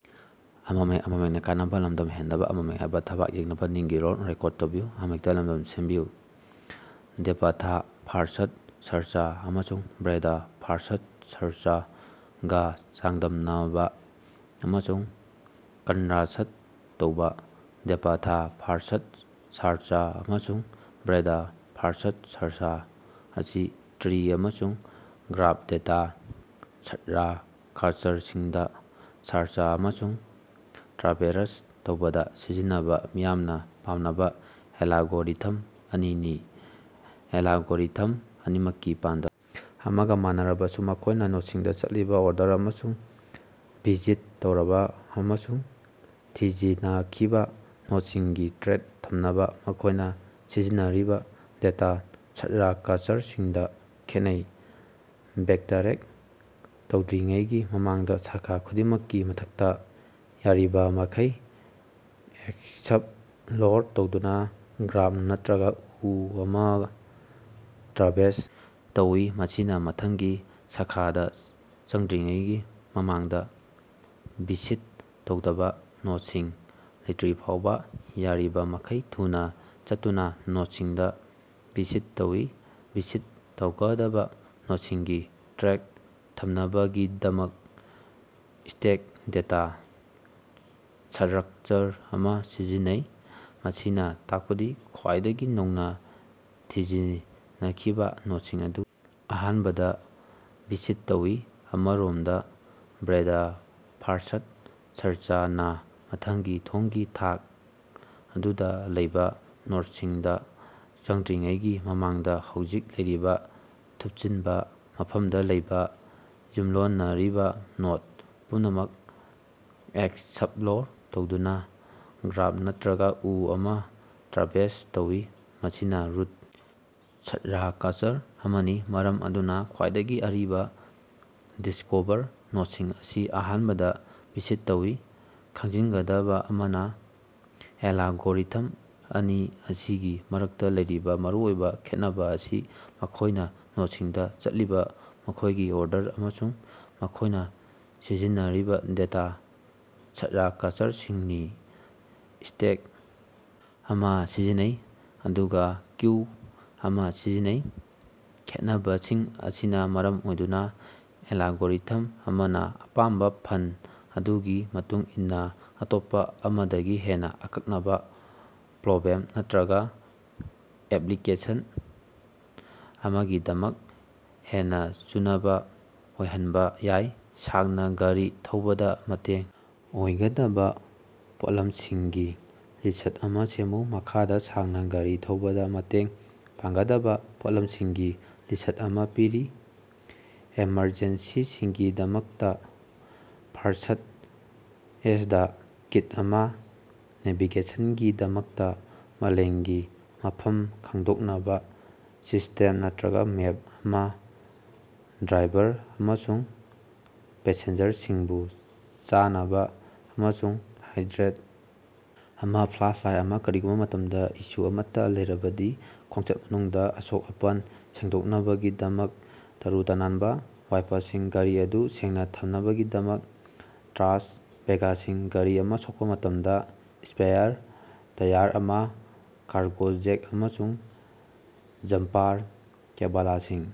Depth-first search ꯑꯃꯁꯨꯡ breadth first search ꯒ ꯆꯥꯡꯗꯝꯅꯕ ꯑꯃꯁꯨꯡ ꯀꯟꯅꯔꯁ꯭ꯠ ꯇꯧꯕ꯫ ꯗꯦꯄꯊ-ꯐꯥꯔꯁ꯭ꯠ ꯁꯥꯔꯆ ꯑꯃꯁꯨꯡ ꯕ꯭ꯔꯦꯗ-ꯐꯥꯔꯁ꯭ꯠ ꯁꯔꯆ ꯑꯁꯤ ꯇ꯭ꯔꯤ ꯑꯃꯁꯨꯡ ꯒ꯭ꯔꯥꯐ ꯗꯦꯇꯥ ꯁ꯭ꯠꯔꯀꯆꯔꯁꯤꯡꯗ ꯁꯥꯔꯆ ꯑꯃꯁꯨꯡ ꯇ꯭ꯔꯥꯚꯦꯔꯁ ꯇꯧꯕꯗ ꯁꯤꯖꯤꯟꯅꯕ ꯃꯤꯌꯥꯝꯅ ꯄꯥꯝꯅꯕ ꯑꯦꯂꯒꯣꯔꯤꯊꯝ ꯑꯅꯤꯅꯤ꯫ ꯑꯦꯂꯒꯣꯔꯤꯊꯝ ꯑꯅꯤꯃꯛꯀꯤ ꯄꯥꯟꯗꯝ ꯑꯃꯒ ꯃꯥꯟꯅꯔꯕꯁꯨ ꯃꯈꯣꯏꯅ ꯅꯣꯗꯁꯤꯡꯗ ꯆꯠꯂꯤꯕ ꯑꯣꯔꯗꯔ ꯑꯃꯁꯨꯡ ꯚꯤꯖꯤꯠ ꯇꯧꯔꯕ ꯑꯃꯁꯨꯡ ꯊꯤꯖꯤꯅꯈꯤꯕ ꯅꯣꯗꯁꯤꯡꯒꯤ ꯇ꯭ꯔꯦꯛ ꯊꯝꯅꯕ ꯃꯈꯣꯏꯅ ꯁꯤꯖꯤꯟꯅꯔꯤꯕ ꯗꯦꯇꯥ ꯁ꯭ꯠꯔꯀꯆꯔꯁꯤꯡꯗ ꯈꯦꯠꯅꯩ꯫ ꯕꯦꯛꯇꯔꯦꯛ ꯇꯧꯗ꯭ꯔꯤꯉꯩꯒꯤ ꯃꯃꯥꯡꯗ ꯁꯥꯈꯥ ꯈꯨꯗꯤꯡꯃꯛꯀꯤ ꯃꯊꯛꯇ ꯌꯥꯔꯤꯕꯃꯈꯩ ꯑꯦꯛꯁꯞꯂꯣꯔ ꯇꯧꯗꯨꯅ ꯒ꯭ꯔꯥꯐ ꯅꯠꯇꯔꯒ ꯎ ꯑꯃ ꯇ꯭ꯔꯥꯚꯦꯁ ꯇꯧꯏ꯫ ꯃꯁꯤꯅ ꯃꯊꯪꯒꯤ ꯁꯥꯈꯗ ꯆꯪꯗ꯭ꯔꯤꯉꯩꯒꯤ ꯃꯃꯥꯡꯗ ꯚꯤꯖꯤꯠ ꯇꯧꯗꯕ ꯅꯣꯗꯁꯤꯡ ꯂꯩꯇꯔꯤꯐꯥꯎꯕ ꯌꯥꯔꯤꯕꯃꯈꯩ ꯊꯨꯅ ꯆꯠꯇꯨꯅ ꯅꯣꯗꯁꯤꯡꯗ ꯚꯤꯖꯤꯠ ꯇꯧꯏ꯫ ꯚꯤꯖꯤꯠ ꯇꯧꯒꯗꯕ ꯅꯣꯗꯁꯤꯡꯒꯤ ꯇ꯭ꯔꯦꯛ ꯊꯝꯅꯕꯒꯤꯗꯃꯛ ꯁ꯭ꯇꯦꯛ ꯗꯦꯇꯥ ꯁꯠꯔꯛꯆꯔ ꯑꯃ ꯁꯤꯖꯤꯟꯅꯩ꯫ ꯃꯁꯤꯅ ꯇꯥꯛꯄꯗꯤ ꯈ꯭ꯋꯥꯏꯗꯒꯤ ꯅꯧꯅ ꯊꯤꯖꯤꯅꯈꯤꯕ ꯅꯣꯗꯁꯤꯡ ꯑꯗꯨ ꯑꯍꯥꯟꯕꯗ ꯚꯤꯖꯤꯠ ꯇꯧꯏ꯫ ꯑꯃꯔꯣꯝꯗ ꯕ꯭ꯔꯦꯗ-ꯐꯥꯔꯁ꯭ꯠ ꯁꯔꯆ ꯅꯥ ꯃꯊꯪꯒꯤ ꯊꯣꯡꯒꯤ ꯊꯥꯛ ꯑꯗꯨꯗ ꯂꯩꯕꯥ ꯅꯣꯗꯁꯤꯡꯗ ꯆꯪꯗ꯭ꯔꯤꯉꯩꯒꯤ ꯃꯃꯥꯡꯗ ꯍꯧꯖꯤꯛ ꯂꯩꯔꯤꯕ ꯊꯨꯞꯆꯤꯟꯕ ꯃꯐꯝꯗ ꯂꯩꯕ ꯌꯨꯝꯂꯣꯟꯅꯔꯤꯕ ꯅꯣꯗ ꯄꯨꯝꯅꯃꯛ ꯑꯦꯛꯁꯞꯂꯣꯔ ꯇꯧꯗꯨꯅ ꯒ꯭ꯔꯥꯐ ꯅꯠꯇꯔꯒ ꯎ ꯑꯃ ꯇ꯭ꯔꯥꯚꯦꯁ ꯇꯧꯏ꯫ ꯃꯁꯤꯅ ꯔꯨꯠ ꯁ꯭ꯠꯔꯀꯆꯔ ꯑꯃꯅꯤ ꯃꯔꯝ ꯑꯗꯨꯅ ꯈ꯭ꯋꯥꯏꯗꯒꯤ ꯑꯔꯤꯕꯥ ꯗꯤꯁ꯭ꯀꯣꯚꯔ ꯅꯣꯗꯁꯤꯡ ꯑꯁꯤ ꯑꯍꯥꯟꯕꯗ ꯚꯤꯖꯤꯠ ꯇꯧꯏ꯫ ꯈꯪꯖꯤꯟꯒꯗꯕ ꯑꯃꯅ ꯑꯦꯂꯒꯣꯔꯤꯊꯝ ꯑꯅꯤ ꯑꯁꯤꯒꯤ ꯃꯔꯛꯇ ꯂꯩꯔꯤꯕ ꯃꯔꯨꯑꯣꯏꯕ ꯈꯦꯠꯅꯕ ꯑꯁꯤ ꯃꯈꯣꯏꯅ ꯅꯣꯗꯁꯤꯡꯗ ꯆꯠꯂꯤꯕ ꯃꯈꯣꯏꯒꯤ ꯑꯣꯔꯗꯔ ꯑꯃꯁꯨꯡ ꯃꯈꯣꯏꯅ ꯁꯤꯖꯤꯟꯅꯔꯤꯕ ꯗꯦꯇꯥ ꯁ꯭ꯠꯔꯀꯆꯔꯁꯤꯡꯅꯤ꯫ ꯁ꯭ꯇꯦꯛ ꯑꯃ ꯁꯤꯖꯤꯟꯅꯩ ꯑꯗꯨꯒ ꯀ꯭ꯌꯨ ꯑꯃ ꯁꯤꯖꯤꯟꯅꯩ꯫ ꯈꯦꯠꯅꯕꯁꯤꯡ ꯑꯁꯤꯅ ꯃꯔꯝ ꯑꯣꯏꯗꯨꯅ ꯑꯦꯂꯒꯣꯔꯤꯊꯝ ꯑꯃꯅ ꯑꯄꯥꯝꯕ ꯐꯜ ꯑꯗꯨꯒꯤ ꯃꯇꯨꯡ ꯏꯟꯅ ꯑꯇꯣꯞꯄ ꯑꯃꯗꯒꯤ ꯍꯦꯟꯅ ꯑꯀꯛꯅꯕ ꯄ꯭ꯔꯣꯕ꯭ꯂꯦꯝ ꯅꯠꯇꯔꯒ ꯑꯦꯞꯂꯤꯀꯦꯁꯟ ꯑꯃꯒꯤꯗꯃꯛ ꯍꯦꯟꯅ ꯆꯨꯅꯕ ꯑꯣꯏꯍꯟꯕ ꯌꯥꯏ꯫ ꯁꯥꯡꯅ ꯒꯥꯔꯤ ꯊꯧꯕꯗ ꯃꯇꯦꯡ ꯑꯣꯏꯒꯗꯕ ꯄꯣꯠꯂꯝꯁꯤꯡꯒꯤ ꯂꯤꯁ꯭ꯠ ꯑꯃ ꯁꯦꯝꯃꯨ꯫ ꯃꯈꯥꯗ ꯁꯥꯡꯅ ꯒꯥꯔꯤ ꯊꯧꯕꯗ ꯃꯇꯦꯡ ꯄꯥꯡꯒꯗꯕ ꯄꯣꯠꯂꯝꯁꯤꯡꯒꯤ ꯂꯤꯁ꯭ꯠ ꯑꯃ ꯄꯤꯔꯤ ꯑꯦꯃꯔꯖꯦꯟꯁꯤꯁꯤꯡꯒꯤꯗꯃꯛꯇ ꯐꯥꯔꯁ꯭ꯠ ꯑꯦꯏꯗ ꯀꯤꯠ ꯑꯃ ꯅꯦꯚꯤꯒꯦꯁꯟꯒꯤꯗꯃꯛꯇ ꯃꯥꯂꯦꯝꯒꯤ ꯃꯐꯝ-ꯈꯪꯗꯣꯛꯅꯕ ꯁꯤꯁ꯭ꯇꯦꯝ ꯅꯠꯇꯔꯒ ꯃꯦꯞ ꯑꯃ ꯗ꯭ꯔꯥꯏꯚꯔ ꯑꯃꯁꯨꯡ ꯄꯦꯁꯦꯟꯖꯔꯁꯤꯡꯕꯨ ꯆꯥꯅꯕ ꯑꯃꯁꯨꯡ ꯍꯥꯏꯗ꯭ꯔꯦꯠ ꯑꯃ ꯐ꯭ꯂꯥꯁꯂꯥꯏꯠ ꯑꯃ ꯀꯔꯤꯒꯨꯝꯕ ꯃꯇꯝꯗ ꯏꯁꯨ ꯑꯃꯠꯇ ꯂꯩꯔꯕꯗꯤ꯫ ꯈꯣꯡꯆꯠ ꯃꯅꯨꯡꯗ ꯑꯁꯣꯛ-ꯑꯄꯟ ꯁꯦꯡꯗꯣꯛꯅꯕꯒꯤꯗꯃꯛ ꯇꯔꯨ-ꯇꯅꯥꯟꯕ ꯋꯥꯏꯄꯁꯤꯡ ꯒꯥꯔꯤ ꯑꯗꯨ ꯁꯦꯡꯅ ꯊꯝꯅꯕꯒꯤꯗꯃꯛ ꯇ꯭ꯔꯥꯁ ꯕꯦꯒꯁꯤꯡ ꯒꯥꯔꯤ ꯑꯃ ꯁꯣꯛꯄ ꯃꯇꯝꯗ ꯁ꯭ꯄꯦꯌꯥꯔ ꯇꯌꯥꯔ ꯑꯃ ꯀꯥꯔꯒꯣ ꯖꯦꯛ ꯑꯃꯁꯨꯡ ꯖꯝꯄꯥꯔ ꯀꯦꯕꯂꯁꯤꯡ